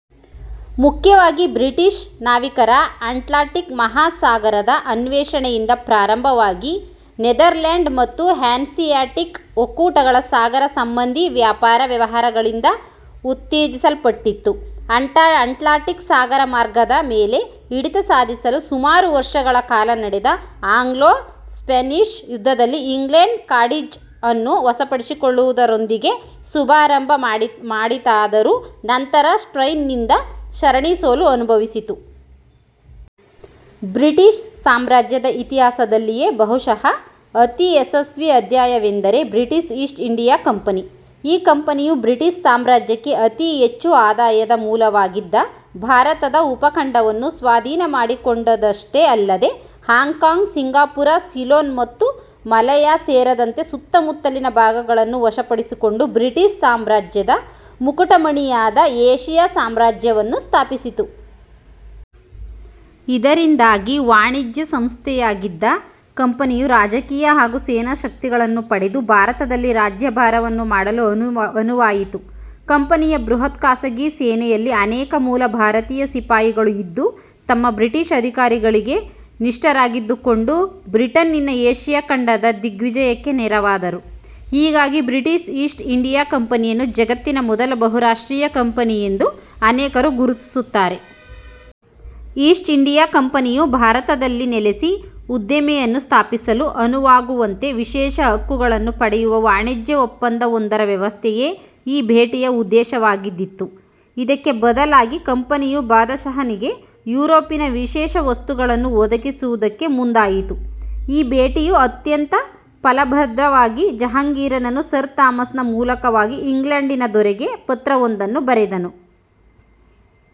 ಮುಖ್ಯವಾಗಿ ಬ್ರಿಟೀಷ್ ನಾವಿಕರ ಅಟ್ಲಾಂಟಿಕ್ ಮಹಾಸಾಗರ ದ ಅನ್ವೇಷಣೆಯಿಂದ ಪ್ರಾರಂಭವಾಗಿ, ನೆದರ್ಲ್ಯಾಂಡ್ ಮತ್ತು ಹ್ಯಾನ್ಸಿಯಾಟಿಕ್ ಒಕ್ಕೂಟ ಗಳ ಸಾಗರ ಸಂಬಧೀ ವ್ಯಾಪಾರ ವ್ಯವಹಾರಗಳಿಂದ ಉತ್ತೇಜಿಸಲ್ಪಟ್ಟಿತು. ಅಟ್ಲಾಂಟಿಕ್ ಸಾಗರ ಮಾರ್ಗ ದ ಮೇಲೆ ಹಿಡಿತ ಸಾಧಿಸಲು ಸುಮಾರು ವರ್ಷಗಳ ಕಾಲ ನಡೆದ ಆಂಗ್ಲೋ-ಸ್ಪ್ಯಾನಿಶ್ ಯುದ್ಧದಲ್ಲಿ ಇಂಗ್ಲೆಂಡ್ ಕಾಡಿಜ್ ಅನ್ನು ವಶಪಡಿಸಿಕೊಳ್ಳುವುದರೊಂದಿಗೆ ಶುಭಾರಂಭ ಮಾಡಿತಾದರೂ, ನಂತರ ಸ್ಪ್ಯೇನ್ ನಿಂದ ಸರಣಿ ಸೊಲು ಅನುಭವಿಸಿತು. ಬ್ರಿಟೀಷ್ ಸಾಮ್ರಾಜ್ಯದ ಇತಿಹಾಸದಲ್ಲಿಯೇ ಬಹುಶ: ಅತಿ ಯಶಸ್ವೀ ಅಧ್ಯಾಯವೆಂದರೆ ಬ್ರಿಟೀಷ್ ಈಸ್ಟ್ ಇಂಡಿಯಾ ಕಂಪನಿ. ಈ ಕಂಪನಿಯು, ಬ್ರಿಟೀಷ್ ಸಾಮ್ರಾಜ್ಯಕ್ಕೆ ಅತಿ ಹೆಚ್ಚು ಆದಾಯದ ಮೂಲವಾಗಿದ್ದ, ಭಾರತ ದ ಉಪಖಂಡವನ್ನು ಸ್ವಾಧೀನ ಮಾಡಿಕೊಂಡದ್ದಷ್ಟೇ ಅಲ್ಲದೇ, ಹಾಂಗ್ ಕಾಂಗ್, ಸಿಂಗಪುರ, ಸಿಲೋನ್ ಮತ್ತು ಮಲಯಾ ಸೇರಿದಂತೆ ಸುತ್ತಮುತ್ತಲಿನ ಭಾಗಗಳನ್ನು ವಶಪಡಿಸಿಕೊಂಡು, ಬ್ರಿಟೀಷ್ ಸಾಮ್ರಾಜ್ಯದ ಮುಕುಟಮಣಿಯಾದ ಏಶಿಯಾ ಸಾಮ್ರಾಜ್ಯವನ್ನು ಸ್ಥಾಪಿಸಿತು. ಇದರಿಂದಾಗಿ, ವಾಣಿಜ್ಯ ಸಂಸ್ಥೆಯಾಗಿದ್ದ ಕಂಪನಿಯು, ರಾಜಕೀಯ ಹಾಗೂ ಸೇನಾ ಶಕ್ತಿಗಳನ್ನು ಪಡೆದು ಭಾರತದಲ್ಲಿ ರಾಜ್ಯಭಾರವನ್ನು ಮಾಡಲು ಅನುವಾಯಿತು. ಕಂಪನಿಯ ಬೃಹತ್ ಖಾಸಗಿ ಸೇನೆಯಲ್ಲಿ ಅನೇಕ ಮೂಲ ಭಾರತೀಯ ಸಿಪಾಯಿ ಗಳು ಇದ್ದು, ತಮ್ಮ ಬ್ರಿಟಿಷ್ ಅಧಿಕಾರಿಗಳಿಗೆ ನಿಷ್ಠರಾಗಿದ್ದುಕೊಂಡು, ಬ್ರಿಟನ್ನಿನ ಏಷಿಯಾ ಖಂಡದ ದಿಗ್ವಿಜಯಕ್ಕೆ ನೆರವಾದರು. ಹೀಗಾಗಿ ಬ್ರಿಟೀಷ್ ಈಸ್ಟ್ ಇಂಡಿಯಾ ಕಂಪನಿಯನ್ನು, ಜಗತ್ತಿನ ಮೊದಲ ಬಹುರಾಷ್ಟ್ರೀಯ ಕಂಪನಿ ಯೆಂದು ಅನೇಕರು ಗುರುತಿಸುತ್ತಾರೆ. ಈಸ್ಟ್ ಇಂಡಿಯಾ ಕಂಪನಿಯು ಭಾರತದಲ್ಲಿ ನೆಲೆಸಿ, ಉದ್ದಿಮೆಗಳನ್ನು ಸ್ಥಾಪಿಸಲು ಅನುವಾಗುವಂತೆ ವಿಶೇಷ ಹಕ್ಕುಗಳನ್ನು ಪಡೆಯುವ ವಾಣಿಜ್ಯ ಒಪ್ಪಂದವೊಂದರ ವ್ಯವಸ್ಥೆಯೇ ಈ ಭೇಟಿಯ ಉದ್ದೇಶವಾಗಿದ್ದಿತು. ಇದಕ್ಕೆ ಬದಲಾಗಿ ಕಂಪನಿಯು ಬಾದಷಾಹನಿಗೆ, ಯೂರೋಪಿನ ವಿಶೇಷ ವಸ್ತುಗಳನ್ನು ಒದಗಿಸುವುದಕ್ಕೆ ಮುಂದಾಯಿತು. ಈ ಭೇಟಿಯು ಅತ್ಯಂತ ಫಲಪ್ರದವಾಗಿ, ಜಹಾಂಗೀರನು ಸರ್ ಥಾಮಸನ ಮೂಲಕವಾಗಿ ಇಂಗ್ಲೆಂಡಿನ ದೊರೆಗೆ ಪತ್ರವೊಂದನ್ನು ಬರೆದನು.